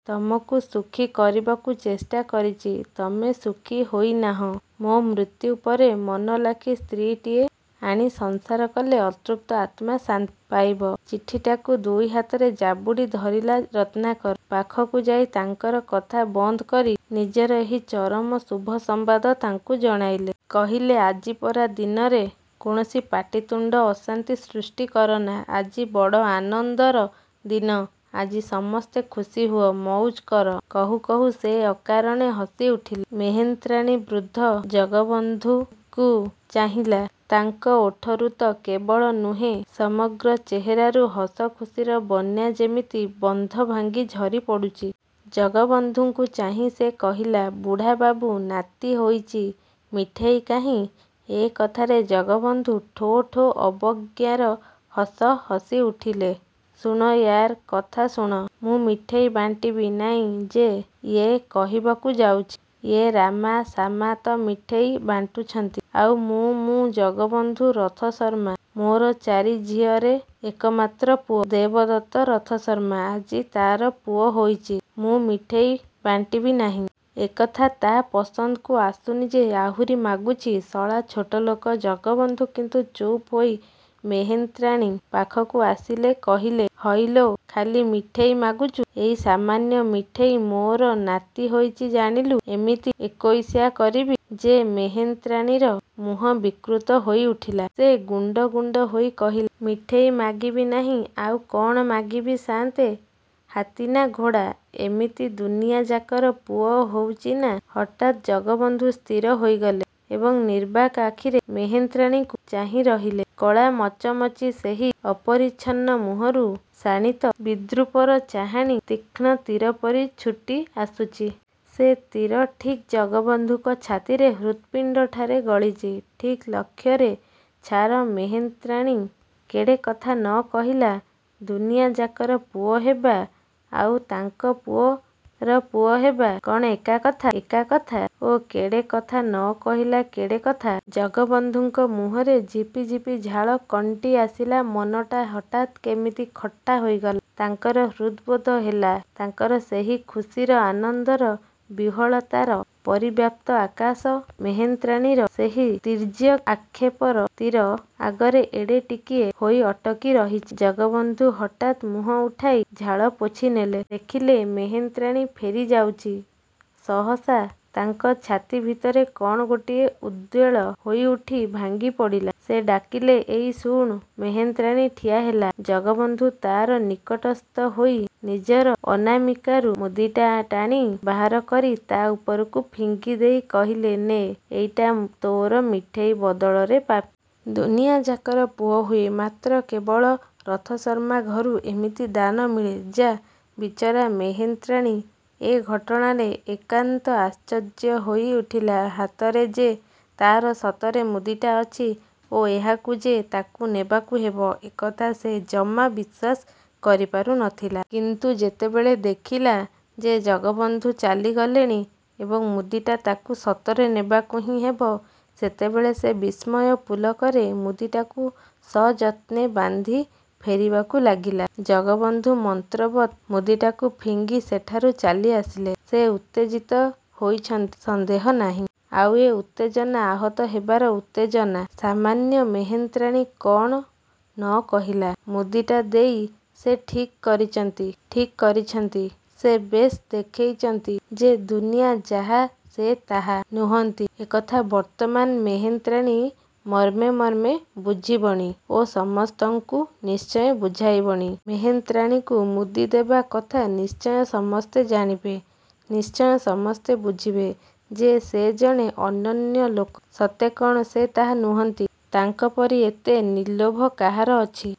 "ତମକୁ ସୁଖୀ କରିବାକୁ ଚେଷ୍ଟା କରିଚି, ତମେ ସୁଖୀ ହୋଇନାହଁ, ମୋ ମୃତ୍ୟୁ ପରେ ମନଲାଖି ସ୍ତ୍ରୀଟିଏ ଆଣି ସଂସାର କଲେ, ଅତୃପ୍ତ ଆତ୍ମା ଶାନ୍ତି ପାଇବ।"ଚିଠିଟାକୁ ଦୁଇ ହାତରେ ଜାବୁଡ଼ି ଧରିଲା ରତ୍ନାକର। ପାଖକୁ ଯାଇ ତାଙ୍କର କଥା ବନ୍ଦକରି ନିଜର ଏହି ଚରମ ଶୁଭ ସମ୍ବାଦ ତାଙ୍କୁ ଜଣାଇଲେ। କହିଲେ, "ଆଜିପରା ଦିନରେ କୌଣସି ପାଟିତୁଣ୍ଡ, ଅଶାନ୍ତି ସୃଷ୍ଟି କରନା। ଆଜି ବଡ଼ ଆନନ୍ଦର ଦିନ, ଆଜି ସମସ୍ତେ ଖୁସିହୁଅ, ମଉଜ କର।"କହୁ କହୁ ସେ ଅକାରଣେ ହସି ଉଠିଲେ। ମେହେନ୍ତ୍ରାଣୀ ବୃଦ୍ଧ ଜଗବନ୍ଧୁଙ୍କୁ ଚାହିଁଲା। ତାଙ୍କ ଓଠରୁ ତ କେବଳ ନୁହେଁ, ସମଗ୍ର ଚେହେରାରୁ ହସଖୁସିର ବନ୍ୟା ଯେମିତି ବନ୍ଧଭାଙ୍ଗି ଝରି ପଡ଼ୁଚି। ଜଗବନ୍ଧୁଙ୍କୁ ଚାହିଁ ସେ କହିଲା, "ବୁଢ଼ାବାବୁ, ନାତି ହୋଇଚି ମିଠେଇ କାହିଁ?" ଏ କଥାରେ ଜଗବନ୍ଧୁ ଠୋ ଠୋ ଅବଜ୍ଞାର ହସ ହସି ଉଠିଲେ। "ଶୁଣ, ୟା'ର କଥା ଶୁଣ। ମୁଁ ମିଠେଇ ବାଣ୍ଟିବି ନାଇଁ ଯେ, ୟେ କହିବାକୁ ଯାଉଚି। ୟେ ରାମା ଶାମା ତ ମିଠେଇ ବାଣ୍ଟୁଚନ୍ତି ଆଉ ମୁଁ ମୁଁ ଜଗବନ୍ଧୁ ରଥଶର୍ମା ମୋର ଚାରି ଝିଅରେ ଏକମାତ୍ର ପୁଅ ଦେବଦତ୍ତ ରଥଶର୍ମା ଆଜି ତାର ପୁଅ ହୋଇଚି, ମୁଁ ମିଠେଇ ବାଣ୍ଟିବି ନାହିଁ? ଏକଥା ତା' ପସନ୍ଦକୁ ଆସୁନି ଯେ, ଆହୁରି ମାଗୁଚି। ଶଳା ଛୋଟଲୋକ"ଜଗବନ୍ଧୁ କିନ୍ତୁ ଚୁପ୍ ହୋଇ ମେହେନ୍ତ୍ରାଣୀ ପାଖକୁ ଆସିଲେ କହିଲେ "ହଇଲୋ, ଖାଲି ମିଠେଇ ମାଗୁଚୁ? ଏଇ ସାମାନ୍ୟ ମିଠେଇ? ମୋର ନାତି ହୋଇଚି ଜାଣିଲୁ ଏମିତି ଏକୋଇଶା କରିବି ଯେ"ମେହେନ୍ତ୍ରାଣୀର ମୁହଁ ବିକୃତ ହୋଇ ଉଠିଲା। ସେ ଗୁଣ୍ଡ ଗୁଣ୍ଡ ହୋଇ କହିଲା, "ମିଠେଇ ମାଗିବି ନାହିଁ, ଆଉ କ'ଣ ମାଗିବି ସାନ୍ତେ? ହାତୀ ନା ଘୋଡ଼ା? ଏମିତି ଦୁନିଆଯାକର ପୁଅ ହଉଚି ନାଆଁ" ହଠାତ୍ ଜଗବନ୍ଧୁ ସ୍ଥିର ହୋଇଗଲେ ଏବଂ ନିର୍ବାକ୍ ଆଖିରେ ମେହେନ୍ତ୍ରାଣୀକୁ ଚାହିଁ ରହିଲେ। କଳାମଚମଚି ସେହି ଅପରିଛନ୍ନ ମୁହଁରୁ ଶାଣିତ ବିଦ୍ରୂପର ଚାହାଣୀ ତୀକ୍ଷ୍ଣ ତୀରପରି ଛୁଟି ଆସୁଚି। ସେ ତୀର ଠିକ୍ ଜଗବନ୍ଧୁଙ୍କ ଛାତିରେ ହୃତ୍ପିଣ୍ଡଠାରେ ଗଳିଚି, ଠିକ୍ ଲକ୍ଷ୍ୟରେ। ଛାର ମେହେନ୍ତ୍ରାଣୀ, କେଡ଼େ କଥା ନ କହିଲା! ଦୁନିଆଯାକର ପୁଅ ହେବା ଆଉ ତାଙ୍କ ପୁଅର ପୁଅହେବା କଅଣ ଏକା କଥା? ଏକା କଥା? ଓଃ କେଡ଼େ କଥା ନ କହିଲା କେଡ଼େ କଥା। ଜଗବନ୍ଧୁଙ୍କ ମୁହଁରେ ଝପିଝପି ଝାଳ କଣ୍ଟି ଆସିଲା, ମନଟା ହଠାତ୍ କେମିତି ଖଟା ହୋଇଗଲା। ତାଙ୍କର ହୃଦବୋଧ ହେଲା, ତାଙ୍କର ସେହି ଖୁସିର, ଆନନ୍ଦର, ବିହ୍ୱଳତାର ପରିବ୍ୟାପ୍ତ ଆକାଶ ମେହେନ୍ତ୍ରାଣୀର ସେହି ତୀର୍ଯ୍ୟକ୍ ଆକ୍ଷେପର ତୀର ଆଗରେ ଏଡ଼େ ଟିକିଏ ହୋଇ ଅଟକି ରହିଚି। ଜଗବନ୍ଧୁ ହଠାତ୍ ମୁହଁ ଉଠାଇ ଝାଳ ପୋଛି ନେଲେ। ଦେଖିଲେ ମେହେନ୍ତ୍ରାଣୀ ଫେରି ଯାଉଚି। ସହସା ତାଙ୍କ ଛାତି ଭିତରେ କଣ ଗୋଟିଏ ଉଦ୍ବେଳ ହୋଇ ଉଠି ଭାଙ୍ଗି ପଡ଼ିଲା। ସେ ଡାକିଲେ, "ଏଇ ଶୁଣ୍।" ମେହେନ୍ତ୍ରାଣୀ ଠିଆ ହେଲା। ଜଗବନ୍ଧୁ ତାର ନିକଟସ୍ଥ ହୋଇ, ନିଜର ଅନାମିକାରୁ ମୁଦିଟା ଟାଣି ବାହାର କରି ତା' ଉପରକୁ ଫିଙ୍ଗି ଦେଇ କହିଲେ, "ନେ, ଏଇଟା ତୋର ମିଠେଇ ବଦଳରେ ପ୍ରାପ୍ୟ। ଦୁନିଆଯାକର ପୁଅ ହୁଏ, ମାତ୍ର କେବଳ ରଥଶର୍ମା ଘରୁ ଏମିତି ଦାନ ମିଳେ ଯାଃ" ବିଚରା ମେହେନ୍ତ୍ରାଣୀ ଏ ଘଟଣାରେ ଏକାନ୍ତ ଆଶ୍ଚର୍ଯ୍ୟ ହୋଇ ଉଠିଲା ହାତରେ ଯେ, ତାର ସତରେ ମୁଦିଟା ଅଛି ଓ ଏହାକୁ ଯେ, ତାକୁ ନେବାକୁ ହେବ ଏକଥା ସେ ଜମା ବିଶ୍ୱାସ କରିପାରୁ ନ ଥିଲା। କିନ୍ତୁ ଯେତେବେଳେ ଦେଖିଲା ଯେ, ଜଗବନ୍ଧୁ ଚାଲିଗଲେଣି ଏବଂ ମୁଦିଟା ତାକୁ ସତରେ ନେବାକୁ ହିଁ ହେବ, ସେତେବେଳେ ସେ ବିସ୍ମୟ ପୁଲକରେ ମୁଦିଟାକୁ ସଯତ୍ନେ ବାନ୍ଧି ଫେରିବାକୁ ଲାଗିଲା। ଜଗବନ୍ଧୁ ମନ୍ତ୍ରବତ୍ ମୁଦିଟାକୁ ଫିଙ୍ଗି ସେଠାରୁ ଚାଲି ଆସିଲେ। ସେ ଉତ୍ତେଜିତ ହୋଇଛନ୍ତି, ସନ୍ଦେହ ନାହିଁ। ଆଉ ଏ ଉତ୍ତେଜନା ଆହତ ହେବାର ଉତ୍ତେଜନା। ସାମାନ୍ୟ ମେହେନ୍ତ୍ରାଣୀ କ'ଣ ନ କହିଲା? ମୁଦିଟା ଦେଇ ସେ ଠିକ୍ କରିଚନ୍ତି, ଠିକ୍ କରିଛନ୍ତି। ସେ ବେଶ୍ ଦେଖେଇଚନ୍ତି ଯେ, ଦୁନିଆ ଯାହା ସେ ତାହା ନୁହନ୍ତି, ଏକଥା ବର୍ତ୍ତମାନ ମେହେନ୍ତ୍ରାଣୀ ମର୍ମେ ମର୍ମେ ବୁଝିବଣି ଓ ସମସ୍ତଙ୍କୁ ନିଶ୍ଚୟ ବୁଝାଇବଣି। ମେହେନ୍ତ୍ରାଣୀକୁ ମୁଦି ଦେବା କଥା ନିଶ୍ଚୟ ସମସ୍ତେ ଜାଣିବେ। ନିଶ୍ଚୟ ସମସ୍ତେ ବୁଝିବେ ଯେ ସେ ଜଣେ ଅନନ୍ୟ ଲୋକ। ସତେ କ'ଣ ସେ ତାହା ନୁହନ୍ତି? ତାଙ୍କପରି ଏତେ ନିର୍ଲୋଭ କାହାର ଅଛି?